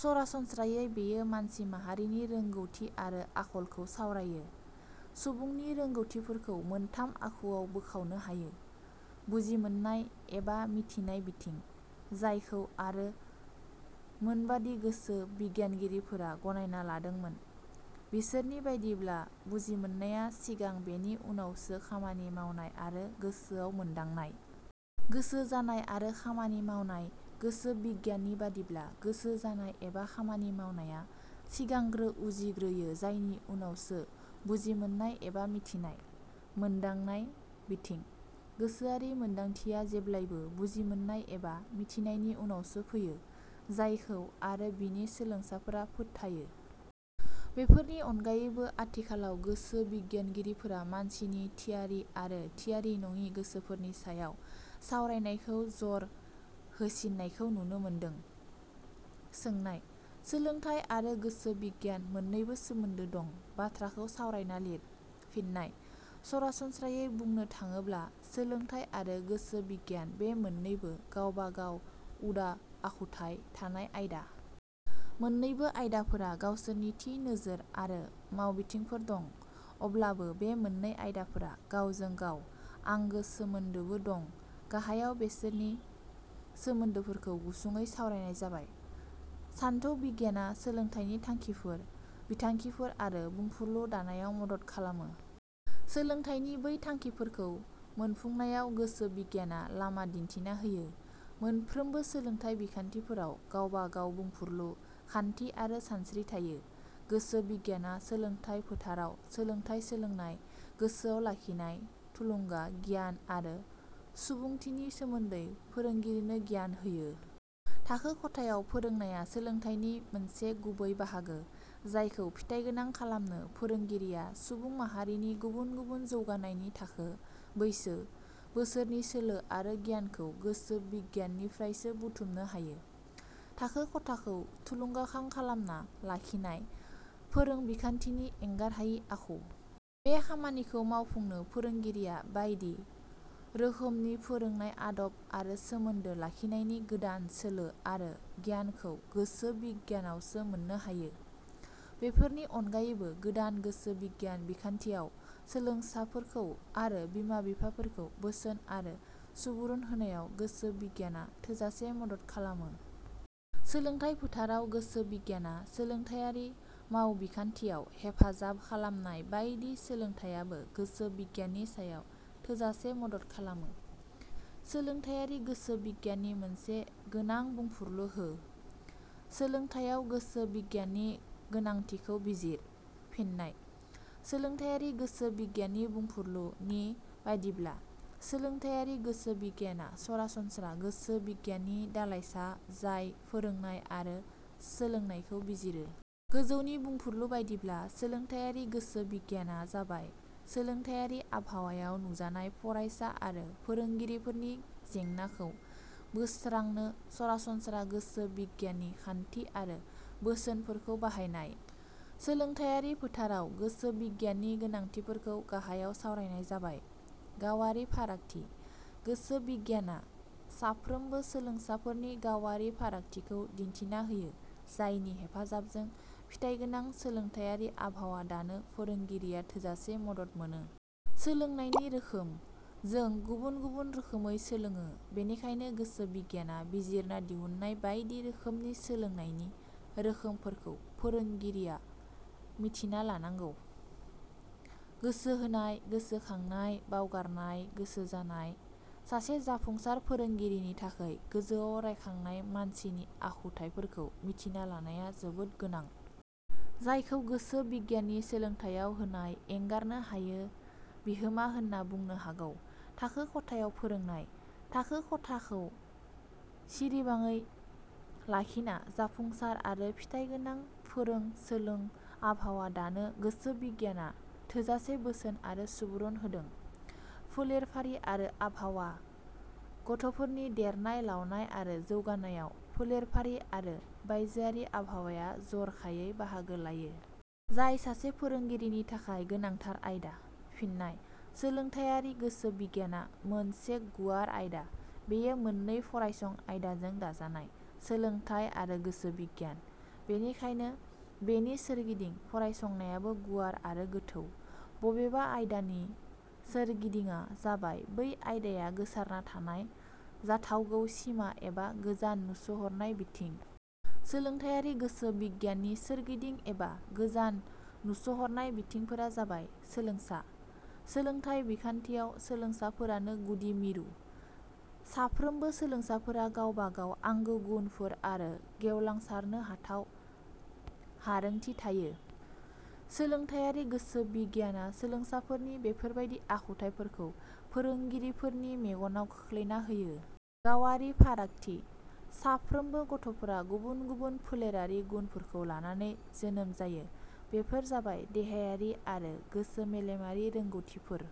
सरासनस्रायै बेयो मानसि माहारिनि रोंगौथि आरो आखलखौ सावरायो। सुबुंनि रोंगौथिफोरखौ मोनथाम आखुआव बोखावनो हायो। बुजिमोन्नाय एबा मिथिनाय बिथिं। जायखौ आरो मोनबादि गोसो बिगियानगिरिफोरा गनायना लादोंमोन। बिसोरनि बायदिब्ला बुजिमोन्नाया सिगां बेनि उनावसो खामानि मावनाय आरो गोसोआव मोन्दांनाय। गोसो जानाय आरो खामानि मावनाय। गोसो बिगियान नि बादिब्ला गोसो जानाय एबा खामानि मावनाया सिगांग्रो उजिग्रोयो जायनि उनावसो बुजिमोन्नाय एबा मिथिनाय। मोन्दांनाय बिथिं। गोसोआरि मोन्दांथिया जेब्लायबो बुजिमोन्नाय एबा मिथिनायनि उनावसो फैयो। जायखौ आरो बिनि सोलोंसाफोरा फोथायो। बेफोरनि अनगायैबो आथिखालाव गोसो बिगियानगिरिफोरा मानसिनि थियारि आरो थियारि नङि गोसोफोरनि सायाव सावरायनायखौ जर होसिननायखौ नुनो मोन्दों। सोंनाय-. सोलोंथाइ आरो गोसो बिगियान मोननैबो सोमोन्दो दं। बाथ्राखौ सावरायना लिर? फिननाय: सरासनस्रायै बुंनो थाङोब्ला सोलोंथाइ आरो गोसो बिगियान बे मोन्नैबो गावबा गाव उदा आखुथाइ थानाय आयदा। मोन्नैबो आयदाफोरा गावसोरनि थि नोजोर आरो मावबिथिंफोर दं। अब्लाबो बे मोननै आयदाफोरा गावजों गाव आंगो सोमोन्दोबो दं। गाहायाव बेसोरनि सोमोन्दोफोरखौ गुसुङै सावरायनाय जाबाय।. सानथौ बिगियाना सोलोंथाइनि थांखिफोर, बिथांखिफोर आरो बुंफुरलु दानायाव मदद खालामो। सोलोंथाइनि बै थांखिफोरखौ मोनफुंनायाव गोसो बिगियाना लामा दिन्थिना होयो।. मोनफ्रोमबो सोलोंथाइ बिखान्थिफोरा गावबा गाव बुंफुरलु, खान्थि आरो सानस्त्रि थायो। गोसो बिगियाना सोलोंथाइ फोथाराव सोलोंथाइ सोलोंनाय, गोसोआव लाखिनाय, थुलुंगा, गियान आरो सुबुंधिनि सोमोन्दै फोरोंगिरिनो गियान होयो।. थाखो खथायाव फोरोंनाया सोलोंथाइनि मोनसे गुबै बाहागो। जायखौ फिथाइगोनां खालामनो फोरोंगिरिया सुबुं माहारिनि गुबुन गुबुन जौगानायनि थाखो, बैसो, बिसोरनि सोलो आरो गियानखौ गोसो बिगियाननिफ्रायसो बुथुमनो हायो।. थाखो खथाखौ थुलुंगाखां खालामना लाखिनाय फोरोंबिखान्थिनि एंगारहायि आखु। बे खामानिखौ मावफुंनो फोरोंगिरिया बायदि। रोखोमनि फोरोंनाय आदब आरो सोमोन्दो लाखिनायनि गोदान सोलो आरो गियानखौ गोसो बिगियानावसो मोननो हायो। बेफोरनि अनगायैबो गोदान गोसो बिगियान बिखान्थियाव सोलोंसाफोरखौ आरो बिमा बिफाफोरखौ बोसोन आरो सुबुरुन होनायाव गोसो बिगियाना थोजासे मदद खालामो। सोलोंथाइ फोथाराव गोसो बिगियाना सोलोंथाइयारि मावबिखान्थियाव हेफाजाब खालामनाय बायदि सोलोंथाइयाबो गोसो बिगियाननि सायाव थोजासे मदद खालामो। सोलोंथाइयारि गोसो बिगियाननि मोनसे गोनां बुंफुरलु हो? सोलोंथाइयाव गोसो बिगियाननि गोनांथिखौ बिजिर। फिननाय: सोलोंथाइयारि गोसो बिगियाननि बुंफुरलु – नि बादिब्ला 'सोलोंथाइयारि गोसो बिगियाना सरासनस्रा गोसो बिगियाननि दालाइसा जाय फोरोंनाय आरो सोलोंनायखौ बिजिरो। " गोजौनि बुंफुरलु बादिब्ला सोलोंथाइयारि गोसो बिगियाना जाबाय सोलोंथाइयारि आबहायाव नुजानाय फरायसा आरो फोरोंगिरिफोरनि जेंनाखौ बोस्रांनो सरासनस्रा गोसो बिगियाननि खान्थि आरो बोसोनफोरखौ बाहायनाय। सोलोंथाइयारि फोथाराव गोसो बिगियाननि गोनांथिफोरखौ गाहायाव सावरायनाय जाबाय। गावारि फारागथि: गोसो बिगियाना साफ्रोमबो सोलोंसाफोरनि गावारि फारागथिखौ दिन्थिना होयो जायनि हेफाजाबजों फिथाइगोनां सोलोंथाइयारि आबहावा दानो फोरोंगिरिया थोजासे मदद मोनो। सोलोंनायनि रोखोम: जों गुबुन गुबुन रोखोमै सोलोडो। बेनिखायनो गोसो बिगियाना बिजिरना दिहुन्नाय बायदि रोखोमनि सोलोंनायनि रोखोमफोरखौ फोरोंगिया मिथिना लानांगौ। गोसोहोनाय, गोसोखांनाय, बावगारनाय, गोसो जानाय: सासे जाफुंसार फोरोंगिरिनि थाखै गोजौआव रायखांनाय मानसिनि आखुथाइफोरखौ मिथिना लानाया जोबोद गोनां। जायखौ गोसो बिगियाननि सोलोंथाइयाव होनाय एंगारनो हायो बिहोमा होन्ना बुंनो हागौ।.थाखो खथायाव फोरोंनाय: थाखो खथाखौ सिरिबाङै लाखिना जाफुंसार आरो फिथाय गोनां फोरों-सोलों आबहावा दानो गोसो बिगियाना थोजासे बोसोन आरो सुबुरुन होदों। फोलेरफारि आरो आबहावा: गथ 'फोरनि देरनाय लावनाय आरो जौगानायाव फोलेरफारि आरो बायजोआरि आबहावाया जर 'खायै बाहागो लायो। जाय सासे फोरोंगिरिनि थाखाय गोनांथार आयदा। फिननाय: सोलोंथाइयारि गोसो बिगियाना मोनसे गुवार आयदा। बेयो मोन्नै फरायसं आयदाजों दाजानाय, सोलोंथाइ आरो गोसो बिगियान। बेनिखायनो बेनि सोरगिदिं फरायसंनायाबो गुवार आरो गोथौ। बबेबा आयदानि सोरगिदिडा जाबाय बै आयदाया गोसारना थानाय जाथावगौ सिमा एबा गोजान नुस हरनाय बिथिं। सोलोंथाइयारि गोसो बिगियाननि सोरगिदिं एबा गोजान नुस'हरनाय बिथिंफोरा जाबाय – सोलोंसा: सोलोंथाइ बिखान्थियाव सोलोंसाफोरानो गुदि मिरु। साफ्रोमबो सोलोंसाफोरा गावबा गाव आंगो गुनफोर आरो गेवलांसारनो हाथाव हारोंथि थायो। सोलोंथाइयारि गोसो बिगियाना सोलोंसाफोरनि बेफोरबादि आखुथाइफोरखौ फोरोंगिरिफोरनि मेगनाव खोख्लैना होयो। गावारि फारागाथि: साफ्रोमबो गथ'फोरा गुबुन गुबुन फोलेरारि गुनफोरखौ लानानै जोनोम जायो। बेफोर जाबाय देहायारि आरो गोसो-मेलेमारि रोंगौथिफोर।